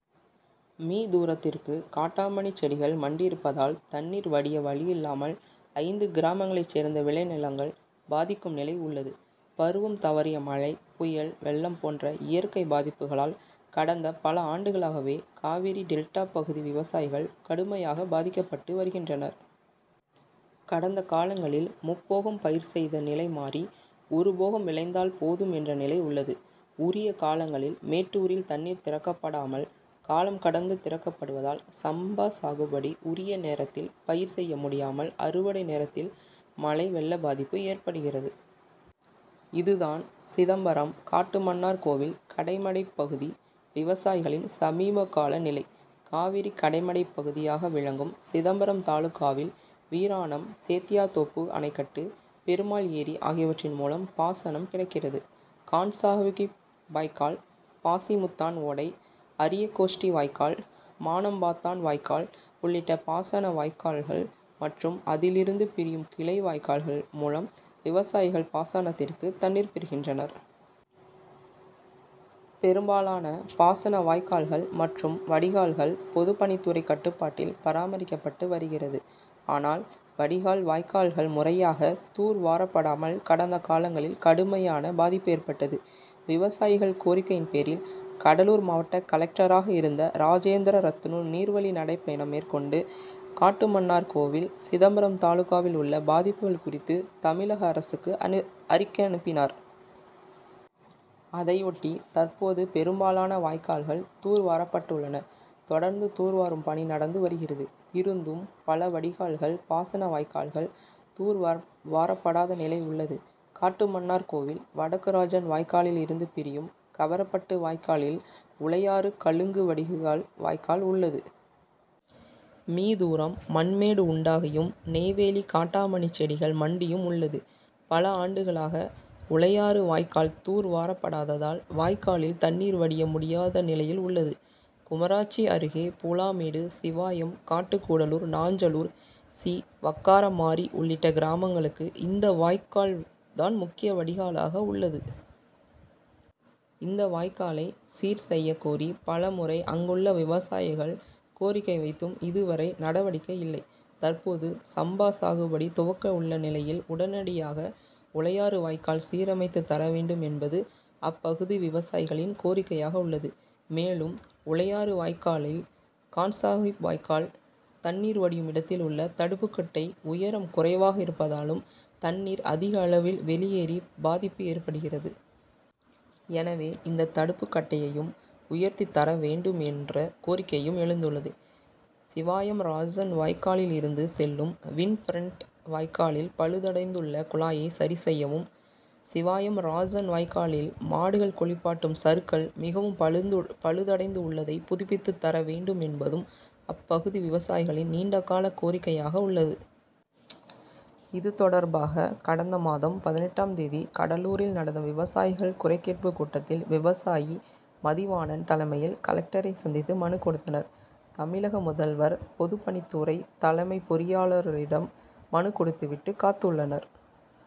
Me., தூரத்திற்கு காட்டாமணி செடிகள் மண்டியிருப்பதால் தண் ணீர் வடிய வழியில்லாமல் ஐந்து கிராமங்களைச் சேர்ந்த விளை நிலங்கள் பாதிக்கும் நிலை உள்ளது. பருவம் தவறிய மழை, புயல், வெள்ளம் போன்ற இயற்கை பாதிப்புகளால் கடந்த பல ஆண்டுகளாகவே காவிரி டெல்டா பகுதி விவசாயிகள் கடுமையாக பாதிக் கப்பட்டு வருகின்றனர். கடந்த காலங்களில் முப்போகம் பயிர் செய்த நிலை மாறி ஒரு போகம் விளைந்தால் போதும் என்ற நிலை உள்ளது. உரிய காலங்களில் மேட் டூரில் தண்ணீர் திறக்கப்படாமல் காலம் கடந்து திறக்கப்படுவதால் சம்பா சாகுபடி உரிய நேரத்தில் பயிர் செய்யமுடியாமல் அறுவடை நேரத்தில் மழை, வெள்ள பாதிப்பு ஏற்படுகிறது. இதுதான் சிதம்பரம், காட்டுமன்னார் கோவில் கடைமடை பகுதி விவசாயிகளின் சமீப கால நிலை. காவிரி கடைமடை பகுதியாக விளங்கும் சிதம்பரம் தாலுகாவில் வீராணம், சேத்தியாத்தோப்பு அணைக்கட்டு, பெருமாள் ஏரி ஆகியவற்றின் மூலம் பாசனம் கிடைக்கிறது. கான்சாகிப் வாய்க்கால், பாசிமுத்தான் ஓடை, அரியகோஷ்டி வாய்க்கால், மானம்பாத்தான் வாய்க்கால் உள்ளிட்ட பாசன வாய்க்கால்கள் மற்றும் அதிலிருந்து பிரியும் கிளை வாய்க்கால் கள் மூலம் விவசாயிகள் பாசனத் திற்கு தண்ணீர் பெறுகின்றனர். பெரும்பாலான பாசன வாய்க் கால்கள் மற்றும் வடிகால்கள் பொதுப்பணித்துறை கட்டுப்பாட் டில் பராமரிக்கப்பட்டு வருகிறது. ஆனால் வடிகால் வாய்க்கால்கள் முறையாக தூர் வாரப்படாமல் கடந்த காலங்களில் கடுமையான பாதிப்பு ஏற்பட்டது. விவசாயிகள் கோரிக்கையின் பேரில் கடலூர் மாவட்ட கலெக் டராக இருந்த ராஜேந்திரரத்னு நீர்வழி நடைபயணம் மேற் கொண்டு காட்டுமன்னார்கோவில் சிதம்பரம் தாலுகாவில் உள்ள பாதிப்புகள் குறித்து தமிழக அரசுக்கு அறிக்கை அனுப்பினார். அதையொட்டி தற்போது பெரும் பாலான வாய்க்கால்கள் தூர் வாரப்பட்டுள்ளன. தொடர்ந்து தூர்வாரும் பணி நடந்து வருகிறது. இருந்தும் பல வடிகால்கள், பாசன வாய்க்கால்கள் தூர்வாரப்படாத நிலை உள்ளது. காட்டுமன்னார்கோவில் வடக்கு ராஜன் வாய்க்காலில் இருந்து பிரியும் கவரப்பட்டு வாய்க்காலில் உளையாறு கலுங்கு வடிகால் வாய்க்கால் உள்ளது. மீ., தூரம் மண்மேடு உண்டாகியும், நெய் வேலி காட்டாமணிசெடிகள் மண் டியும் உள்ளது. பல ஆண்டுகளாக உளையாறு வாய்க்கால் தூர்வாரப்படாததால் வாய்க்காலில் தண்ணீர் வடிய முடியாத நிலையில் உள்ளது. குமராட்சி அருகே பூலாமேடு, சிவாயம், காட்டுக்கூடலூர், நாஞ் சலூர், சி. வக்காரமாரி உள்ளிட்ட கிராமங்களுக்கு இந்த வாய்க்கால் தான் முக்கிய வடிகாலாக உள்ளது. இந்த வாய்க்காலை சீர்செய்ய கோரி பல முறை அங்குள்ள விவசாயிகள் கோரிக்கை வைத்தும் இதுவரை நடவடிக்கை இல்லை. தற்போது சம்பா சாகுபடி துவக்க உள்ள நிலையில் உடனடியாக உளையாறு வாய்க்கால் சீரமைத்துத் தரவேண்டும் என்பது அப்பகுதி விவசாயிகளின் கோரிக்கையாக உள்ளது. மேலும் உளையாறு வாய்க்காலில் கான்சாகிப் வாய்க்கால் தண் ணீர் வடியும் இடத்தில் உள்ள தடுப்புக்கட்டை உயரம் குறைவாக இருப்பதாலும் தண்ணீர் அதிக அளவில் வெளியேறி பாதிப்பு ஏற்படுகிறது. எனவே இந்த தடுப்பு கட்டையையும் உயர்த்தி தரவேண்டும் என்ற கோரிக்கையும் எழுந்துள்ளது. சிவாயம் ராஜன் வாய்க்காலில் இருந்து செல்லும் வின்பிரண்ட் வாய்க்காலில் பழுதடைந்துள்ள குழாயை சரி செய்யவும், சிவாயம் ராஜன் வாய்க்காலில் மாடுகள் குளிப்பாட்டும் சறுக்கல் மிகவும் பழுதடைந்துள்ளதை புதுப்பித்து தரவேண்டும் என்பதும் அப்பகுதி விவசாயிகளின் நீண்ட கால கோரிக்கையாக உள்ளது. இது தொடர்பாக கடந்த மாதம் பதினெட்டாம் தேதி கடலூரில் நடந்த விவசாயிகள் குறைகேட்பு கூட்டத்தில் விவசாயி மதிவாணன் தலைமையில் கலெக்டரை சந்தித்து மனு கொடுத்தனர். தமிழக முதல்வர், பொதுப்பணித்துறை தலைமை பொறியாளரிடம் மனு கொடுத்து விட்டு காத்துள்ளனர்.